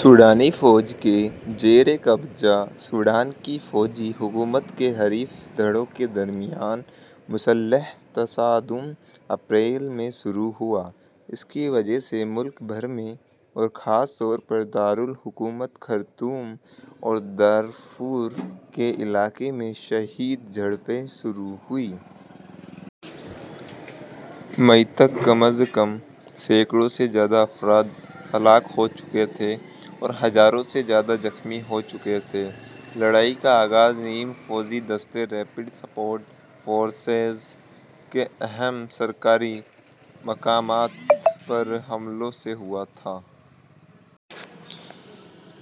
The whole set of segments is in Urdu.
سوڈانی فوج کے زیر قبضہ سوڈان کی فوجی حکومت کے حریف دھڑوں کے درمیان مسلح تصادم اپریل ء کو شروع ہوا، جس کی وجہ سے ملک بھر میں اورخاص طور پر دار الحکومت خرطوم اور دارفور کے علاقے میں شدید جھڑپیں شروع ہوئیں۔ مئی تک کم از کم سے زائد افراد ہلاک اور ٫ سے زیادہ زخمی ہو چکے ہیں۔ لڑائی کا آغاز نیم فوجی دستے تیزگام حمیات افواج کے اہم سرکاری مقامات پر حملوں سے شروع ہوا۔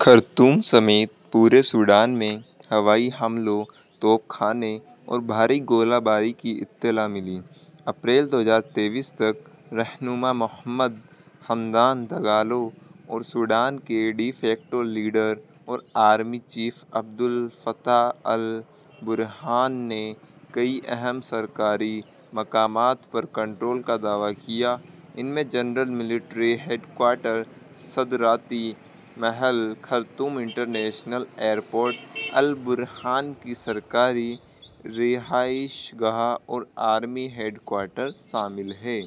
خرطوم سمیت سوڈان بھر میں فضائی حملوں، توپ خانے اور بھاری گولہ باری کی اطلاع ملی۔ بمطابق اپریل ء ، تک رہنما محمد حمدان دگالو اور سوڈان کے ڈی فیکٹو لیڈر اور آرمی چیف عبدالفتاح البرہان نے کئی اہم سرکاری مقامات پر کنٹرول کا دعویٰ کیا ہے جن میں جنرل ملٹری ہیڈ کوارٹر، صدارتی محل، خرطوم انٹرنیشنل ایئرپورٹ، برہان کی سرکاری رہائش گاہ اور ہیڈکوارٹر شامل ہیں۔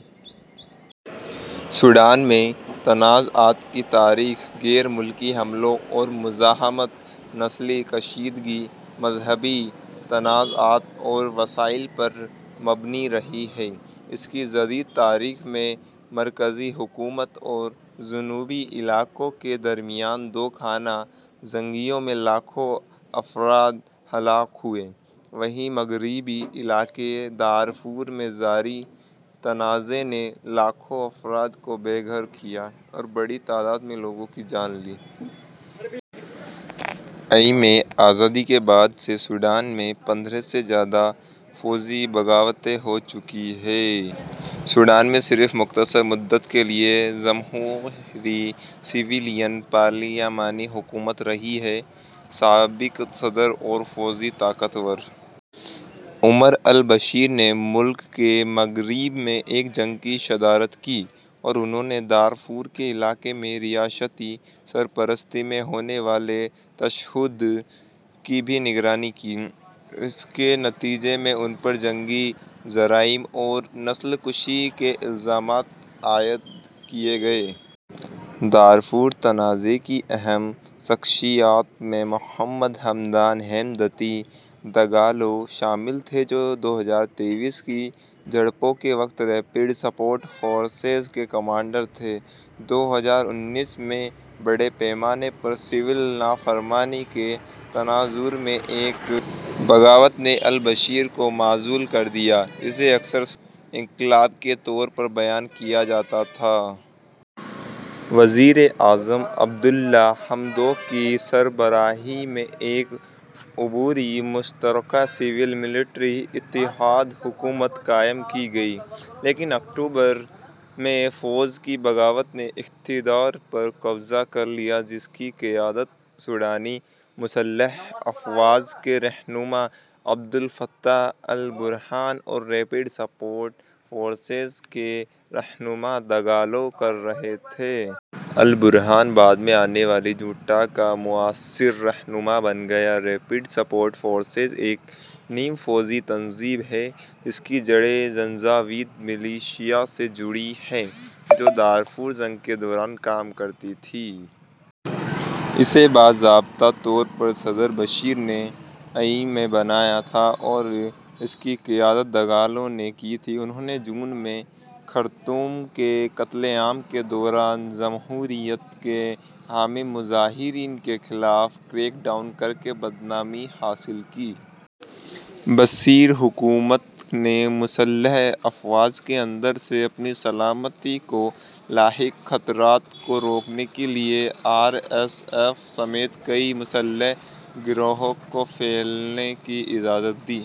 سوڈان میں تنازعات کی تاریخ غیر ملکی حملوں اور مزاحمت، نسلی کشیدگی، مذہبی تنازعات اور وسائل پر مبنی پر مشتمل ہے۔ اس کی جدید تاریخ میں، مرکزی حکومت اور جنوبی علاقوں کے درمیان دو خانہ جنگیوں میں ملین افراد ہلاک ہوئے اور مغربی علاقے دارفور میں جاری تنازعے نے لاکھ افراد کو بے گھر اور سے زیادہ افراد کو ہلاک کیا۔ ءمیں آزادی کے بعد سے سوڈان میں پندرہ سے زیادہ فوجی بغاوتیں ہو چکی ہیں سوڈان میں صرف مختصر مدت کے لیے جمہوری سویلین پارلیمانی حکومت رہی ہے۔ سابق صدر اور فوجی طاقتور عمر البشیر نے ملک کے مغرب میں ایک جنگ کی صدارت کی اور انھوں نے دارفور کے علاقے میں ریاستی سرپرستی میں ہونے والے تشدد کی بھی نگرانی کی، جس کے نتیجے میں ان پر جنگی جرائم اور نسل کشی کے الزامات عائد کیے گئے۔ دارفور تنازع کی اہم شخصیات میں محمد ہمدان "ہیمدتی" دگالو شامل تھے، جو ء کی جھڑپوں کے وقت ریپڈ سپورٹ فورسز کے کمانڈر تھے۔ ء میں، بڑے پیمانے پر سول نافرمانی کے تناظر میں ایک بغاوت نے البشیر کو معزول کر دیا جسے اکثر سوڈانی انقلاب کے طور پر بیان کیا جاتا تھا۔ وزیر اعظم عبد اللہ حمدوک کی سربراہی میں ایک عبوری مشترکہ سول ملٹری اتحاد حکومت قائم کی گئی۔ تاہم اکتوبر ء میں، فوج کی بغاوت نے اقتدار پر قبضہ کر لیا جس کی قیادت سوڈانی مسلح افواج کے رہنما عبدالفتاح البرہان اور کے رہنما دگالو کر رہے تھے۔ البرہان بعد میں آنے والی جنتا، اجارہ داری طاقت کا موثر رہنما بن گیا۔ ایک نیم فوجی تنظیم ہے جس کی جڑیں جنجاوید ملیشیا سے ہیں جو دارفر جنگ کے دوران کام کرتی تھیں۔ اسے باضابطہ طور پر صدر بشیر نے ء میں بنایا تھا اور اس کی قیادت دگالو نے کی تھی۔ انھوں نے جون ء میں خرطوم کے قتل عام کے دوران جمہوریت کے حامی مظاہرین کے خلاف کریک ڈاؤن کر کے بدنامی حاصل کی۔ بشیر حکومت نے مسلح افواج کے اندر سے اپنی سلامتی کو لاحق خطرات کو روکنے کے لیے آر ایس ایف سمیت کئی مسلح گروہوں کو پھیلنے کی اجازت دی۔